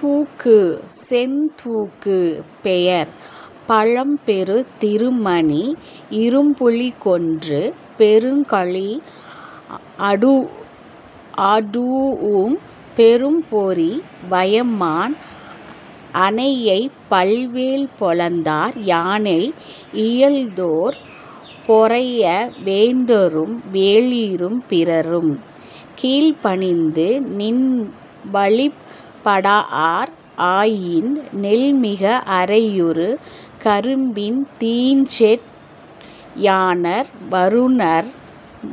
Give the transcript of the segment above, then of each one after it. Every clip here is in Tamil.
தூக்கு: செந்தூக்கு பெயர்: நலம்பெறு திருமணி இரும்புலி கொன்று பெரும்களி அடூஉம் அரும்பொறி வயமான் அனையை பல்வேல் பொலந்தார் யானை இயல்தேர்ப் பொறைய வேந்தரும் வேளிரும் பிறரும் கீழ்ப்பணிந்து நின்வழிப் படாஅர் ஆயின் நெல்மிக் அறைஉறு கரும்பின் தீம்சேற் யாணர் வருநர்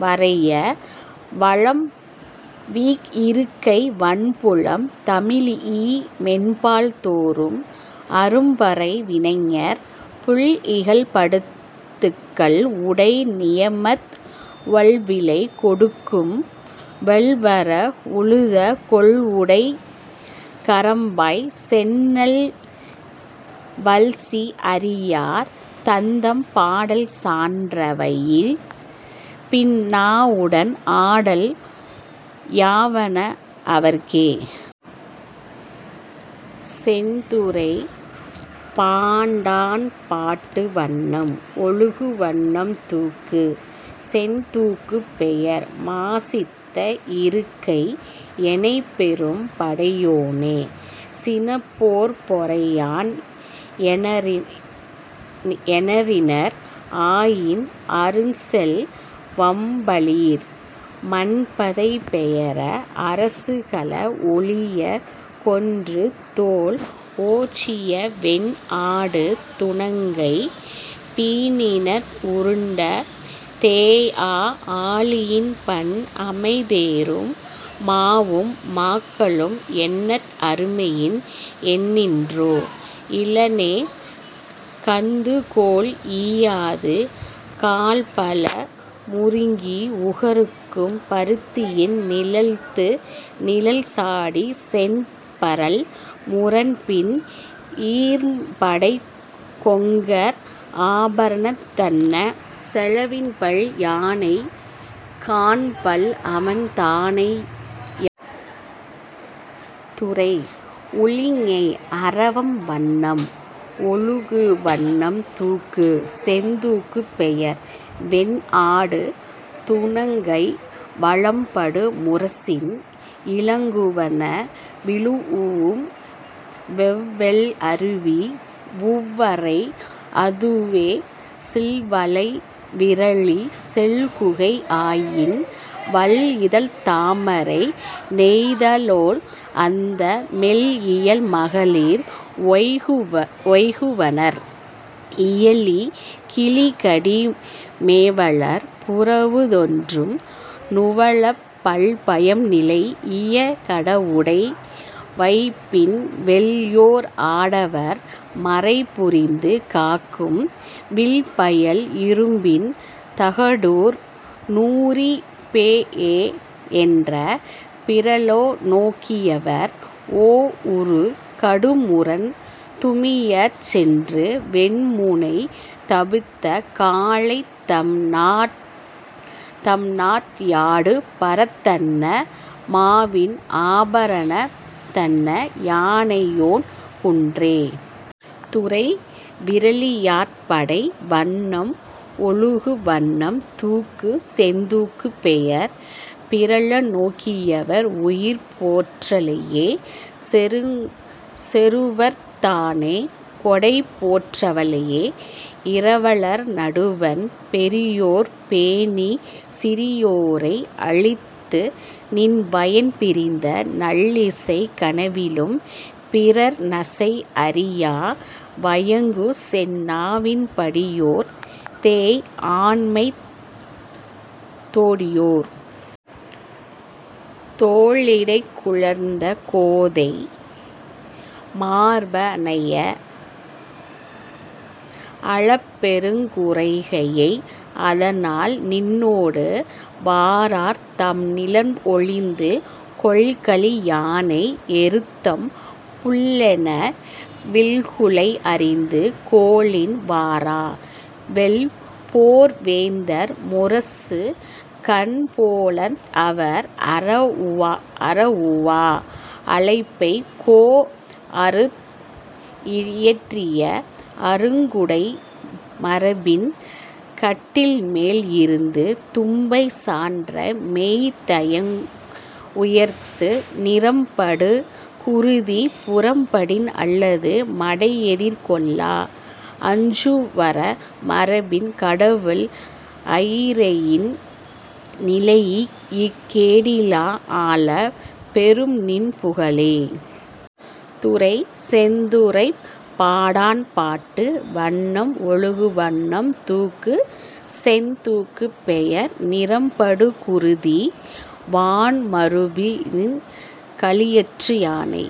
வரையா வளம்வீங் இருக்கை வன்புலம் தழீஇ மென்பால் தோறும் அரும்பறை வினைஞர் புல்இகல் படுத்துக் கள்உடை நியமத் ஒள்விலை கொடுக்கும் வெள்வர உழுத கொள்உடைக் கரம்பைச் செந்நெல் வல்சி அறியார் தத்தம் பாடல் சான்ற வைப்பின் நாஉடன் ஆடல் யாவண அவர்க்கே. துறை: செந்துறைப் பாடாண்பாட்டு வண்ணம்: ஒழுகு வண்ணம் தூக்கு: செந்தூக்கு பெயர்: மாசித இருக்கை எனைப்பெரும் படையனோ சினப்போர்ப் பொறையன் எனறனிர் ஆயின் ஆறுசெல் வம்பலீர் மன்பதை பெயர அரசுகளத் ஒழியக் கொன்றுதோள் ஓச்சிய வென்ஆடு துணங்கை மீபிணத் உருண்ட தேயா ஆழியின் பண்அமை தேரும் மாவும் மாக்களும் எண்ணற் அருமையின் எண்ணின்றோ இலனே கந்துகோள் ஈயாது காழ்பல முருக்கி உகக்கும் பருந்தின் நிலத்துநிழல் சாடிச் சேண்பரல் முரம்பின் ஈர்ம்படைக் கொங்கர் ஆபரந் தன்ன செலவின்பல் யானை காண்பல்அவன் தானை யானே. துறை: உழிஞை அரவம் வண்ணம்: ஒழுகு வண்ணம் தூக்கு: செந்தூக்கு பெயர்: வென்ஆடு துணங்கை வலம்படு முரசின் இலங்குவன விழூஉம் அவ்வெள் அருவி உவ்வரை அதுவே சில்வளை விறலி செல்குவை ஆயின் வள்இதழ்த் தாமரை நெய்தலொ அந்து மெல்இயல் மகளிர் ஒய்குவனர் இயலிக் கிளிகடி மேவலர் புறவுதொறும் நுவலப் பல்பயம் நிலைஇய கடஉடை வைப்பின் வெல்போர் ஆடவர் மறம்புரிந்து காக்கும் வில்பயில் இறும்பின் தகடூர் நூறி பேஎ மன்ற பிறழநோக் கியவர் ஓஉறு கடுமுரண் துமியச் சென்று வெம்முனை தபுத்த காலைத் தம்நாட் யாடுபரந் தன்ன மாவின் ஆபரந் தன்ன யானையோன் குன்றே. துறை: விறலியாற்றுப்படை வண்ணம்: ஒழுகு வண்ணம் தூக்கு: செந்தூக்கு பெயர்: பிறழநோக்கியவர் உயிர்போற் றலையே செருவத் தானே கொடைபோற் றலையே இரவலர் நடுவண் பெரியோர்ப் பேணிச் சிறியோரை அளித்தி நின்வயின் பிரிந்த நல்இசை கனவினும் பிறர்நசை அறியா வயங்குசெந் நாவின் படியோர்த் தேய்த்த ஆண்மைத் தொடியோர் தோளிடைக் குழைந்த கோதை மார்ப அனைய அளப்அருங் குரையை அதனால் நின்னொடு வாரார் தம்நிலத் ஒழிந்து கொல்களிற் யானை எருத்தம் புல்லென வில்குலை அறுத்துக் கோலின் வாரா வெல்போர் வேந்தர் முரசுகண் போழ்ந்அவர் அரஉவா அழைப்பக் கோஅறுத் இயற்றிய அணங்உடை மரபின் கட்டில்மேல் இருந்து தும்பை சான்ற மெய்தயங் உயக்கத்து நிறம்படு குருதி புறம்படின் அல்லது மடைஎதிர் கொள்ளா அஞ்சுவரு மரபின் கடவுள் அயிரையின் நிலைஇக் கேடில ஆக பெரும்நின் புகழே. துறை: செந்துறைப்பாடாண்பாட்டு வண்ணம்: ஒழுகு வண்ணம் தூக்கு: செந்தூக்கு பெயர்: நிறம்படு குருதி வான்மருப்பின் களிற்றுயானை